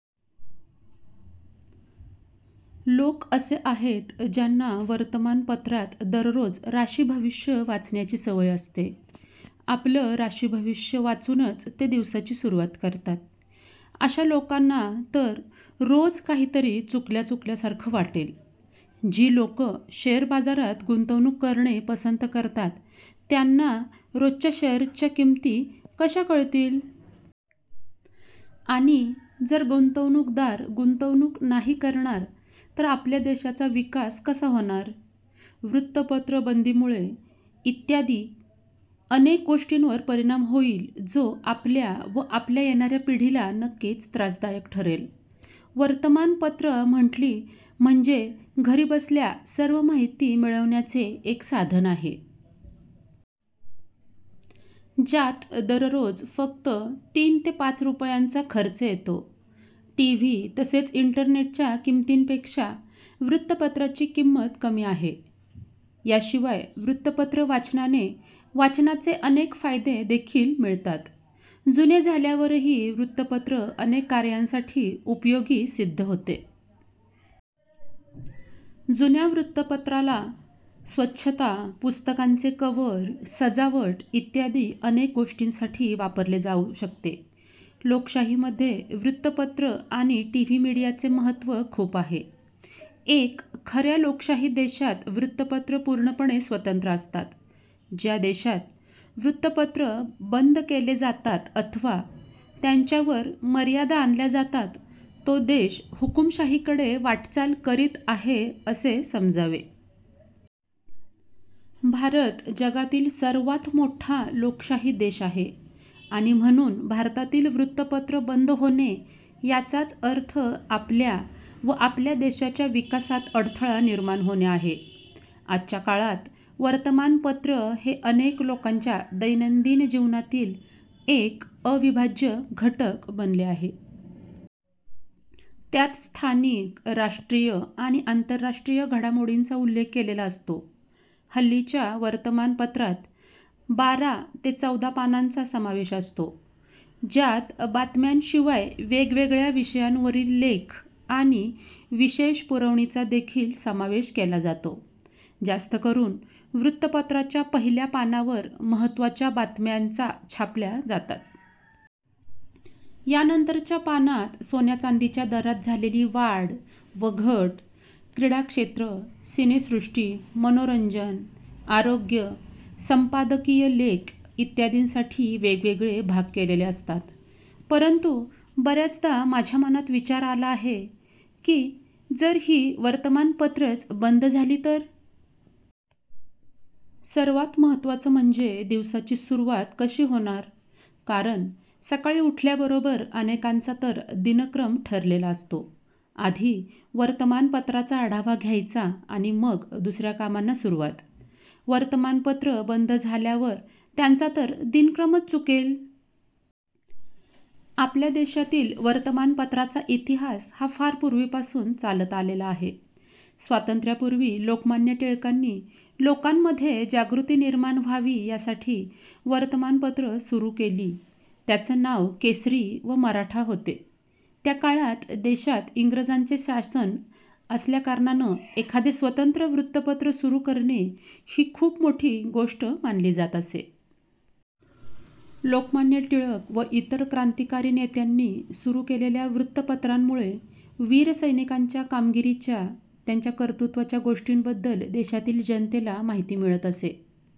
लोक असे आहेत ज्यांना वर्तमान पत्रात दररोज राशी भविष्य वाचण्याची सवय असते. आपले राशी भविष्य वाचूनच ते दिवसाची सुरुवात करतात. आशा लोकांना तर रोज काही तरी चुकल्या चुकल्यासारखं वाटेल. जी लोकं शेअर बाजारात गुंतवणूक करणे पसंत करतात त्यांना रोजच्या शेअर च्या किमती कश्या कळतील? आणि जर गुंतवणूकदार गुंतवणूक नाही करणार तर आपल्या देशाचा विकास कसा होणार? वृत्तपत्र बंदीमुळे इत्यादि अनेक गोष्टींवर परिणाम होईल जो आपल्या व आपल्या येणाऱ्या पिढीला नक्कीच त्रासदायक ठरेल. वर्तमान पत्र म्हटली म्हणजे घरी बसल्या सर्व माहिती मिळण्याचे एक साधन आहे. ज्यात दररोज फक्त तीन ते पाच रुपयाचा खर्च येतो. टीव्ही तसेच इंटरनेट च्या किमितीपेक्षा वृत्तपत्राची किंमत कमी आहे. याशिवाय वृत्तपत्र वाचनाने वाचनाचे अनेक फायदे देखील मिळतात. जूने झाल्यावरही वृत्तपत्र अनेक काऱ्यांसाठी उपयोगी सिद्ध होते. जुन्या वृत्तपत्राला स्वच्छता, पुस्तकाचे कवर, सजावट इत्यादि अनेक गोष्टींसाठी वापरले जाऊ शकते. लोकशाही मध्ये वृत्तपत्र आणि टीव्ही मीडिया चे महत्व खूप आहे. एक खऱ्या लोकशाही देशात वृत्तपत्र पूर्णपणे स्वतंत्र असतात. ज्या देशात वृत्तपत्र बंद केले जातात अथवा त्यांच्यावर मर्यादा आणल्या जातात तो देश हुकुमशाही कडे वाटचाल करीत आहे असे समजावे. भारत जगातील सर्वात मोठा लोकशाही देश आहे आणि म्हणून भारतातील वृत्तपत्र बंद होणे याचाच अर्थ आपल्या व आपल्या देशाच्या विकासात अडथळा निर्माण होणे आहे. आजच्या काळात वर्तमान पत्र हे अनेक लोकांच्या दैनंदिन जीवनातील एक अविभाज्य घटक बनले आहे. त्यात स्थानिक, राष्ट्रीय आणि आंतरराष्ट्रीय घडामोडींचा उल्लेख केलेला असतो. हल्लीच्या वर्तमान पत्रात बारा ते चौदा पानांचा समावेश असतो. ज्यात बातम्या शिवाय वेगवेगळ्या विषयांवरील लेख आणि विशेष पुरवणीचा देखील समावेश केला जातो. जास्तकरून वृत्तपत्राच्या पहिल्या पानावर महत्त्वाच्या बातम्याचा छापल्या जातात. यानंतर च्या पानात सोन्या चांदीच्या दरात झालेली वाढ व घट, क्रीडाक्षेत्र, सिनेसृष्टी, मनोरंजन, आरोग्य, संपादकीय लेख इत्यादींसाठी वेगवेगळे भाग केलेले असतात. परंतु बऱ्याचदा माझ्या मनात विचार आला आहे की जर ही वर्तमान पत्रच बंद झाली तर.... सर्वात महत्वाचे म्हणजे दिवसाची सुरुवात कशी होणार? कारण सकाळी उठल्याबरोबर अनेकांचा तर दिनक्रम ठरलेला असतो, आधी वर्तमान पत्राचा आढावा घ्यायचा आणि मग दुसऱ्या कामांना सुरुवात. वर्तमान पत्र बंद झाल्यावर त्यांचा तर दिनक्रमच चुकेल.... आपल्या देशातील वर्तमान पत्राचा इतिहास हा फार पूर्वी पासून चालत आला आहे, स्वातंत्र्यापूर्वी लोकमान्य टिळकांनी लोकांमध्ये जागृती निर्माण व्हावी यासाठी वर्तमान पत्र सुरु केली त्यांचे नाव केसरी व मराठा होते. त्या काळात देशात इंग्रजांचे शासन असल्या कारणाने एखादे स्वतंत्र वृत्तपत्र सुरु करणे ही खूप मोठी गोष्ट मानली जात असे. लोकमान्य टिळक व इतर क्रांतिकारी नेत्यांनी सुरू केलेल्या वृत्तपत्रामुळे वीर सैनिकांच्या कामगिरीच्या, त्यांच्या कर्तृत्वाच्या गोष्टींबद्दल देशातील जनतेला माहिती मिळत असे.